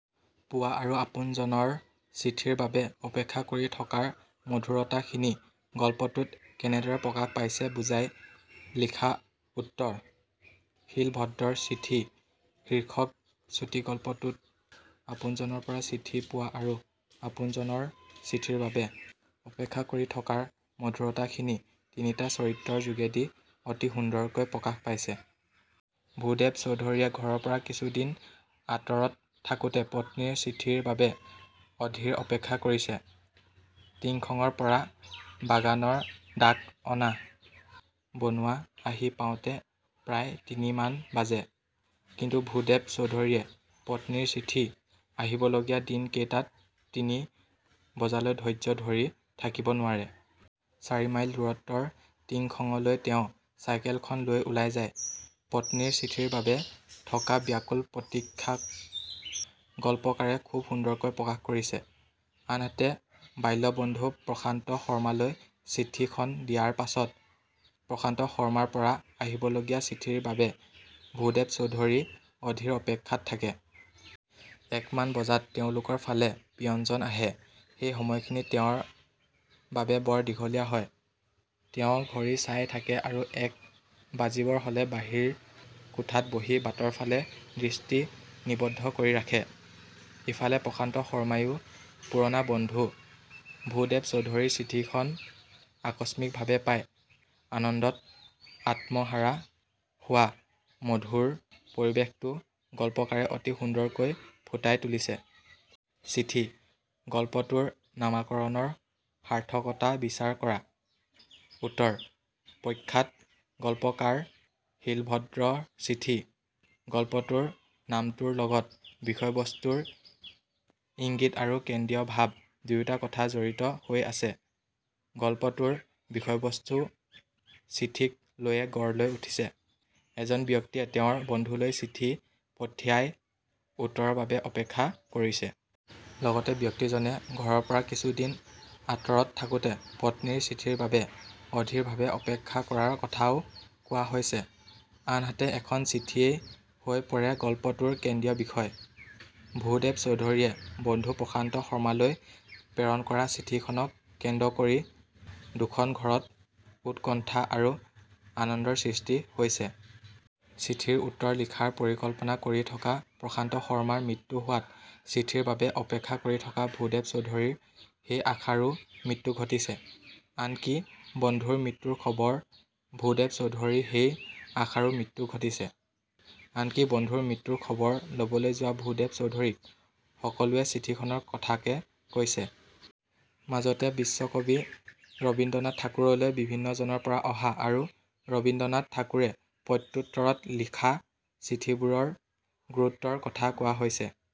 পোৱা আৰু আপোনজনৰ চিঠিৰ বাবে অপেক্ষা কৰি থকাৰ মধুৰতাখিনি গল্পটোত কেনেদৰে প্ৰকাশ পাইছে বুজাই লিখা উত্তৰ: শীলভদ্ৰৰ 'চিঠি' শীৰ্ষক চুটিগল্পটোত আপোনজনৰ পৰা চিঠি পোৱা আৰু আপোনজনৰ চিঠিৰ বাবে অপেক্ষা কৰি থকাৰ মধুৰতা খিনি তিনিটা চৰিত্ৰৰ যোগেদি অতি সুন্দৰকৈ প্ৰকাশ পাইছে। ভূদেৱ চৌধুৰীয়ে ঘৰৰ পৰা কিছুদিন আঁতৰত থাকোঁতে পত্নীৰ চিঠিৰ বাবে অধীৰ অপেক্ষা কৰিছে। টিংখঙৰ পৰা বাগানৰ ডাক অনা বনোৱা আহি পাওঁতে প্ৰায় তিনিমান বাজে। কিন্তু ভূদেৱ চৌধুৰীয়ে পত্নীৰ চিঠি আহিব লগীয়া দিন কেইটাত তিনি বজালৈ ধৈৰ্য ধৰি থাকিব নোৱাৰে। চাৰিমাইল দূৰত্বৰ টিংখঙলৈ তেওঁ চাইকেলখন লৈ ওলাই যায়। পত্নীৰ চিঠিৰ বাবে থকা ব্যাকুল প্ৰতীক্ষাক গল্পকাৰে খুব সুন্দৰকৈ প্ৰকাশ কৰিছে। আনহাতে বাল্য বন্ধু প্ৰশান্ত শৰ্মালৈ চিঠিখন দিয়াৰ পাছত প্ৰশান্ত শৰ্মাৰ পৰা আহিবলগীয়া চিঠিৰ বাবে ভূদেৱ চৌধুৰী অধীৰ অপেক্ষাত থাকে। এক মান বজাত তেওঁলোকৰ ফালে পিয়নজন আহে। সেই সময়খিনি তেওঁৰ বাবে বৰ দীঘলীয়া হয়। তেওঁ ঘড়ী চাই থাকে আৰু এক বাজিবৰ হ'লে বাহিৰ কোঠাত বহি বাটৰ ফালে দৃষ্টি নিবদ্ধ কৰি ৰাখে। ইফালে প্ৰশান্ত শৰ্মাইও পুৰণা বন্ধু ভূদেৱ চৌধুৰীৰ চিঠিখন আকস্মিক ভাবে পাই আনন্দত আত্মহাৰা হোৱা মধুৰ পৰিবেশটো গল্পকাৰে অতি সুন্দৰকৈ ফুটাই তুলিছে।। 'চিঠি' গল্পটোৰ নামকৰণৰ সাৰ্থকতা বিচাৰ কৰা। উত্তৰ: প্ৰখ্যাত গল্পকাৰ শীলভদ্ৰৰ 'চিঠি 'গল্পটোৰ নামটোৰ লগত বিষয়বস্তুৰ ইংগিত আৰু কেন্দ্ৰীয় ভাব দুয়োটা কথা জড়িত হৈ আছে। গল্পটোৰ বিষয়বস্তু চিঠিক লৈয়ে গঢ় লৈ উঠিছে। এজন ব্যক্তিয়ে তেওঁৰ বন্ধুলৈ চিঠি পঠিয়াই উত্তৰৰ বাবে অপেক্ষা কৰিছে। লগতে ব্যক্তিজনে ঘৰৰ পৰা কিছুদিন আঁতৰত থাকোঁতে পত্নীৰ চিঠিৰ বাবে অধীৰ ভাবে অপেক্ষা কৰাৰ কথাও কোৱা হৈছে। আনহাতে এখন চিঠিয়েই হৈ পৰিছে গল্পটোৰ কেন্দ্ৰীয় বিষয়। ভূদেৱ চৌধুৰীয়ে বন্ধু প্ৰশান্ত শৰ্মালৈ প্ৰেৰণ কৰা চিঠিখনক কেন্দ্ৰ কৰি দুখন-ঘৰত উৎকণ্ঠা আৰু আনন্দৰ সৃষ্টি হৈছে। চিঠিৰ উত্তৰ লিখাৰ পৰিকল্পনা কৰি থকা প্ৰশান্ত শৰ্মাৰ মৃত্যু হোৱাত চিঠিৰ বাবে অপেক্ষা কৰি থকা ভূদেৱ চৌধুৰীৰ সেই আশাৰো মৃত্যু ঘটিছে। আনকি বন্ধুৰ মৃত্যুৰ খবৰ ভূদেৱ চৌধুৰীৰ সেই আশাৰো মৃত্যু ঘটিছে। আনকি বন্ধুৰ মৃত্যুৰ খবৰ ল'বলৈ যোৱা ভূদেৱ চৌধুৰীক সকলোৱে চিঠিখনৰ কথাকে কৈছে। মাজতে বিশ্বকবি ৰবীন্দ্ৰনাথ ঠাকুৰলৈ বিভিন্নজনৰ পৰা অহা আৰু ৰবীন্দ্ৰনাথ ঠাকুৰে প্ৰত্যোত্তৰত লিখা চিঠিবোৰৰ গুৰুত্বৰ কথা কোৱা হৈছে।